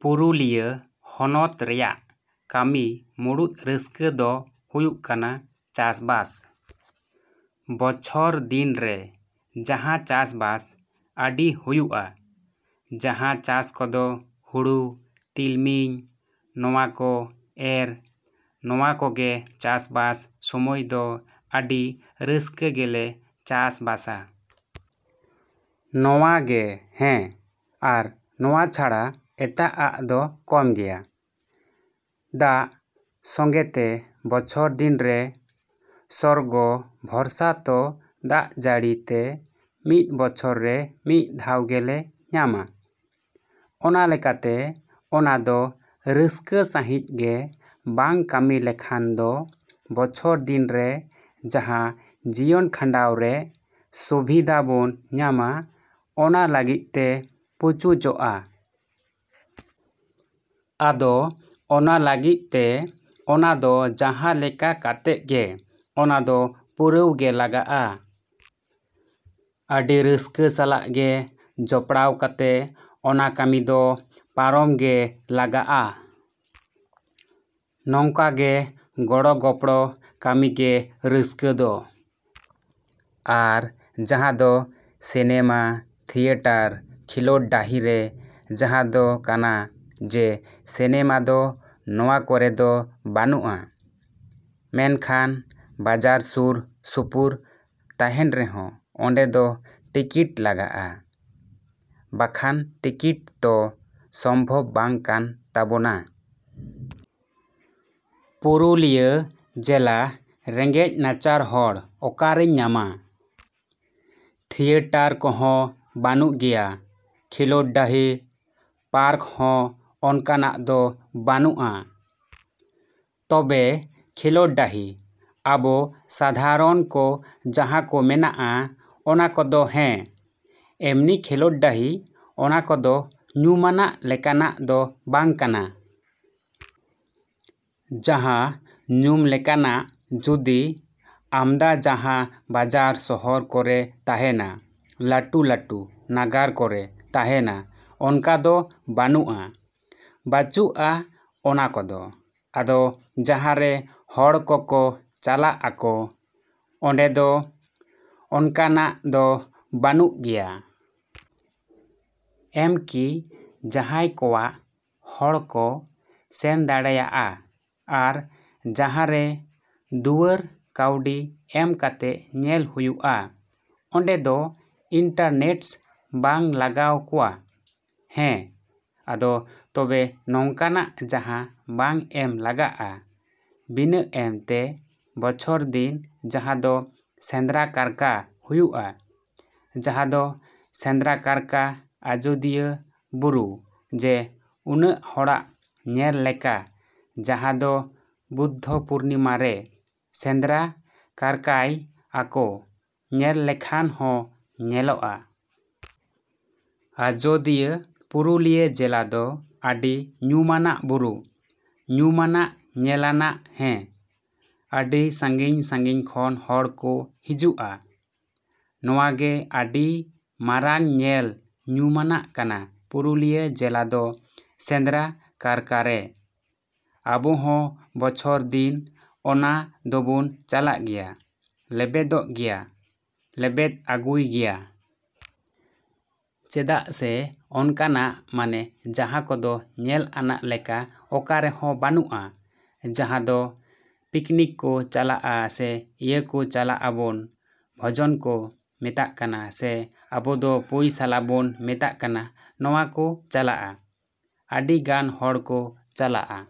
ᱯᱩᱨᱩᱞᱤᱭᱟᱹ ᱦᱚᱱᱚᱛ ᱨᱮᱭᱟᱜ ᱠᱟᱹᱢᱤ ᱢᱩᱬᱩᱫ ᱨᱟᱹᱥᱠᱟᱹ ᱫᱚ ᱦᱩᱭᱩᱜ ᱠᱟᱱᱟ ᱪᱟᱥᱵᱟᱥ᱾ ᱵᱚᱪᱷᱚᱨ ᱫᱤᱱ ᱨᱮ ᱡᱟᱦᱟᱸ ᱪᱟᱥᱵᱟᱥ ᱟᱹᱰᱤ ᱦᱩᱭᱩᱜ-ᱟ, ᱡᱟᱦᱟᱸ ᱪᱟᱥ ᱠᱚᱫᱚ ᱦᱩᱲᱩ, ᱛᱤᱞᱢᱤᱧ ᱱᱚᱣᱟ ᱠᱚ ᱮᱨ ᱱᱚᱣᱟ ᱠᱚᱜᱮ ᱪᱟᱥᱵᱟᱥ ᱥᱚᱢᱚᱭ ᱫᱚ ᱟᱹᱰᱤ ᱨᱟᱹᱥᱠᱟᱹ ᱜᱮᱞᱮ ᱪᱟᱥᱵᱟᱥᱟ᱾ ᱱᱚᱣᱟ ᱜᱮ ᱦᱮᱸ, ᱟᱨ ᱱᱚᱣᱟ ᱪᱷᱟᱲᱟ ᱮᱴᱟᱜ ᱟᱜ ᱫᱚ ᱠᱚᱢ ᱜᱮᱭᱟ᱾ ᱫᱟᱜ ᱥᱚᱝᱜᱮᱛᱮ ᱵᱚᱪᱷᱚᱨ ᱫᱤᱱ ᱨᱮ ᱥᱚᱨᱜᱚ ᱵᱷᱚᱨᱥᱟ ᱛᱚ ᱫᱟᱜ ᱡᱟᱹᱲᱤ ᱛᱮ ᱢᱤᱫ ᱵᱚᱪᱷᱚᱨ ᱨᱮ ᱢᱤᱫ ᱫᱷᱟᱶ ᱜᱮᱞᱮ ᱧᱟᱢᱟ᱾ ᱚᱱᱟ ᱞᱮᱠᱟᱛᱮ ᱚᱱᱟ ᱫᱚ ᱨᱟᱹᱥᱠᱟᱹ ᱥᱟᱺᱦᱤᱡ ᱜᱮ ᱵᱟᱝ ᱠᱟᱹᱢᱤ ᱞᱮᱠᱷᱟᱱ ᱫᱚ ᱵᱚᱪᱷᱚᱨ ᱫᱤᱱ ᱨᱮ ᱡᱟᱦᱟᱸ ᱡᱤᱭᱚᱱ ᱠᱷᱟᱱᱰᱟᱣ ᱨᱮ ᱥᱩᱵᱤᱫᱷᱟ ᱵᱚᱱ ᱧᱟᱢᱟ ᱚᱱᱟ ᱞᱟᱹᱜᱤᱫ ᱛᱮ ᱯᱩᱪᱩᱡᱚᱜ-ᱟ᱾ ᱟᱫᱚ ᱚᱱᱟ ᱞᱟᱹᱜᱤᱫ ᱛᱮ ᱚᱱᱟ ᱫᱚ ᱡᱟᱦᱟᱸ ᱞᱮᱠᱟ ᱠᱟᱛᱮᱫ ᱜᱮ ᱚᱱᱟ ᱫᱚ ᱯᱩᱨᱟᱹᱣ ᱜᱮ ᱞᱟᱜᱟᱜ-ᱟ᱾ ᱟᱹᱰᱤ ᱨᱟᱹᱥᱠᱟᱹ ᱥᱟᱞᱟᱜ ᱜᱮ ᱡᱚᱯᱲᱟᱣ ᱠᱟᱛᱮᱫ ᱚᱱᱟ ᱠᱟᱹᱢᱤ ᱫᱚ ᱯᱟᱨᱚᱢ ᱜᱮ ᱞᱟᱜᱟᱜ-ᱟ᱾ ᱱᱚᱝᱠᱟ ᱜᱮ ᱜᱚᱲᱚ ᱜᱚᱯᱲᱚ ᱠᱟᱹᱢᱤ ᱜᱮ ᱨᱟᱹᱥᱠᱟᱹ ᱫᱚ᱾ ᱟᱨ ᱡᱟᱦᱟᱸ ᱫᱚ ᱥᱤᱱᱮᱢᱟ, ᱛᱷᱤᱭᱮᱴᱟᱨ, ᱠᱷᱮᱞᱳᱰ ᱰᱟᱹᱦᱤ ᱨᱮ ᱡᱟᱦᱟᱸ ᱫᱚ ᱠᱟᱱᱟ ᱡᱮ ᱥᱤᱱᱮᱢᱟ ᱫᱚ ᱱᱚᱣᱟ ᱠᱚᱨᱮ ᱫᱚ ᱵᱟᱹᱱᱩᱜ-ᱟ᱾ ᱢᱮᱱᱠᱷᱟᱱ ᱵᱟᱡᱟᱨ ᱥᱩᱨ ᱥᱩᱯᱩᱨ ᱛᱟᱦᱮᱱ ᱨᱮᱦᱚᱸ ᱚᱸᱰᱮ ᱫᱚ ᱴᱤᱠᱤᱴ ᱞᱟᱜᱟᱜ-ᱟ᱾ ᱵᱟᱠᱷᱟᱱ ᱴᱤᱠᱤᱴ ᱛᱚ ᱥᱚᱢᱵᱷᱚᱵ ᱵᱟᱝ ᱠᱟᱱ ᱛᱟᱵᱳᱱᱟ᱾ ᱯᱩᱨᱩᱞᱤᱭᱟᱹ ᱡᱮᱞᱟ ᱨᱮᱸᱜᱮᱡᱽ ᱱᱟᱪᱟᱨ ᱦᱚᱲ ᱚᱠᱟᱨᱤᱧ ᱧᱟᱢᱟ? ᱛᱷᱤᱭᱮᱴᱟᱨ ᱠᱚᱦᱚᱸ ᱵᱟᱹᱱᱩᱜ ᱜᱮᱭᱟ, ᱠᱷᱮᱞᱳᱰ ᱰᱟᱹᱦᱤ, ᱯᱟᱨᱠ ᱦᱚᱸ ᱚᱱᱠᱟᱱᱟᱜ ᱫᱚ ᱵᱟᱹᱱᱩᱜ-ᱟ᱾ ᱛᱚᱵᱮ ᱠᱷᱮᱞᱳᱰ ᱰᱟᱹᱦᱤ ᱟᱵᱚ ᱥᱟᱫᱷᱟᱨᱚᱱ ᱠᱚ ᱡᱟᱦᱟᱸ ᱠᱚ ᱢᱮᱱᱟᱜ-ᱟ ᱚᱱᱟ ᱠᱚᱫᱚ ᱦᱮᱸ, ᱮᱢᱱᱤ ᱠᱷᱮᱞᱳᱰ ᱰᱟᱹᱦᱤ ᱚᱱᱟ ᱠᱚᱫᱚ ᱧᱩᱢᱟᱱᱟᱜ ᱞᱮᱠᱟᱱᱟᱜ ᱫᱚ ᱵᱟᱝ ᱠᱟᱱᱟ᱾ ᱡᱟᱦᱟᱸ ᱧᱩᱢ ᱞᱮᱠᱟᱱᱟᱜ ᱡᱩᱫᱤ ᱟᱢᱫᱟ ᱡᱟᱦᱟᱸ ᱵᱟᱡᱟᱨ ᱥᱚᱦᱚᱨ ᱠᱚᱨᱮ ᱛᱟᱦᱮᱱᱟ, ᱞᱟᱹᱴᱩ ᱞᱟᱹᱴᱩ ᱱᱟᱜᱟᱨ ᱠᱚᱨᱮ ᱛᱟᱦᱮᱱᱟ ᱚᱱᱠᱟ ᱫᱚ ᱵᱟᱹᱱᱩᱜ-ᱟ, ᱵᱟᱹᱪᱩᱜ-ᱟ ᱚᱱᱟ ᱠᱚᱫᱚ, ᱟᱫᱚ ᱡᱟᱦᱟᱸ ᱨᱮ ᱦᱚᱲ ᱠᱚᱠᱚ ᱪᱟᱞᱟᱜ-ᱟᱠᱚ, ᱚᱸᱰᱮ ᱫᱚ ᱚᱱᱠᱟᱱᱟᱜ ᱫᱚ ᱵᱟᱹᱱᱩᱜ ᱜᱮᱭᱟ᱾ ᱮᱢᱱᱠᱤ ᱡᱟᱦᱟᱸᱭ ᱠᱚᱣᱟᱜ ᱦᱚᱲ ᱠᱚ ᱥᱮᱱ ᱫᱟᱲᱮᱭᱟᱜ-ᱟ ᱟᱨ ᱡᱟᱦᱟᱸ ᱨᱮ ᱫᱩᱣᱟᱹᱨ ᱠᱟᱹᱣᱰᱤ ᱮᱢ ᱠᱟᱛᱮᱫ ᱧᱮᱞ ᱦᱩᱭᱩᱜ-ᱟ ᱚᱸᱰᱮ ᱫᱚ ᱤᱱᱴᱟᱨᱮᱥᱴ ᱵᱟᱝ ᱞᱟᱜᱟᱣ ᱠᱚᱣᱟ᱾ ᱦᱮᱸ, ᱟᱫᱚ ᱛᱚᱵᱮ ᱱᱚᱝᱠᱟᱱᱟᱜ ᱡᱟᱦᱟᱸ ᱵᱟᱝ ᱮᱢ ᱞᱟᱜᱟᱜ-ᱟ, ᱵᱤᱱᱟᱹ ᱮᱢ ᱛᱮ ᱵᱚᱪᱷᱚᱨ ᱫᱤᱱ ᱡᱟᱦᱟᱸ ᱫᱚ ᱥᱮᱸᱫᱽᱨᱟ ᱠᱟᱨᱠᱟ ᱦᱩᱭᱩᱜ-ᱟ, ᱡᱟᱦᱟᱸ ᱫᱚ ᱥᱮᱸᱫᱽᱨᱟ ᱠᱟᱨᱠᱟ ᱟᱡᱳᱫᱤᱭᱟᱹ ᱵᱩᱨᱩ ᱡᱮ ᱩᱱᱟᱹᱜ ᱦᱚᱲᱟᱜ ᱧᱮᱞ ᱞᱮᱠᱟ ᱡᱟᱦᱟᱸ ᱫᱚ ᱵᱩᱫᱽᱫᱷᱚ ᱯᱩᱨᱱᱤᱢᱟ ᱨᱮ ᱥᱮᱸᱫᱽᱨᱟ ᱠᱟᱨᱠᱷᱟᱭ ᱟᱠᱚ ᱧᱮᱞ ᱞᱮᱠᱷᱟᱱ ᱦᱚᱸ ᱧᱮᱞᱚᱜ-ᱟ᱾ ᱟᱡᱳᱫᱤᱭᱟᱹ ᱯᱩᱨᱩᱞᱤᱭᱟᱹ ᱡᱮᱞᱟ ᱫᱚ ᱟᱹᱰᱤ ᱧᱩᱢᱟᱱᱟᱜ ᱵᱩᱨᱩ, ᱧᱩᱢᱟᱱᱟᱜ ᱧᱮᱞᱟᱱᱟᱜ ᱦᱮᱸ, ᱟᱹᱰᱤ ᱥᱟᱺᱜᱤᱧ ᱥᱟᱺᱜᱤᱧ ᱠᱷᱚᱱ ᱦᱚᱲ ᱠᱚ ᱦᱤᱡᱩᱜ-ᱟ᱾ ᱱᱚᱣᱟ ᱜᱮ ᱟᱹᱰᱤ ᱢᱟᱨᱟᱝ ᱧᱮᱞ ᱧᱩᱢᱟᱱᱟᱜ ᱠᱟᱱᱟ ᱯᱩᱨᱩᱞᱤᱭᱟᱹ ᱡᱮᱞᱟ ᱫᱚ ᱥᱮᱸᱫᱽᱨᱟ ᱠᱟᱨᱠᱷᱟ ᱨᱮ᱾ ᱟᱵᱚ ᱦᱚᱸ ᱵᱚᱪᱷᱚᱨ ᱫᱤᱱ ᱚᱱᱟ ᱫᱚᱵᱚᱱ ᱪᱟᱞᱟᱜ ᱜᱮᱭᱟ, ᱞᱮᱵᱮᱫᱚᱜ ᱜᱮᱭᱟ, ᱞᱮᱵᱮᱫ ᱟᱹᱜᱩᱭ ᱜᱮᱭᱟ᱾ ᱪᱮᱫᱟᱜ ᱥᱮ ᱚᱱᱠᱟᱱᱟᱜ ᱢᱟᱱᱮ ᱡᱟᱦᱟᱸ ᱠᱚᱫᱚ ᱧᱮᱞ ᱟᱱᱟᱜ ᱞᱮᱠᱟ ᱚᱠᱟ ᱨᱮᱦᱚᱸ ᱵᱟᱹᱱᱩᱜ-ᱟ᱾ ᱡᱟᱦᱟᱸ ᱫᱚ ᱯᱤᱠᱱᱤᱠ ᱠᱚ ᱪᱟᱞᱟᱜ-ᱟ ᱥᱮ ᱤᱭᱟᱹ ᱠᱚ ᱪᱟᱞᱟᱜ-ᱟ ᱵᱚᱱ ᱵᱷᱳᱡᱚᱱ ᱠᱚ ᱢᱮᱛᱟᱜ ᱠᱟᱱᱟ ᱥᱮ ᱟᱵᱚ ᱫᱚ ᱯᱩᱭ ᱥᱟᱞᱚᱵᱚᱱ ᱢᱮᱛᱟᱜ ᱠᱟᱱᱟ ᱱᱚᱣᱟ ᱠᱚ ᱪᱟᱞᱟᱜ-ᱟ᱾ ᱟᱹᱰᱤ ᱜᱟᱱ ᱦᱚᱲ ᱠᱚ ᱪᱟᱞᱟᱜ-ᱟ᱾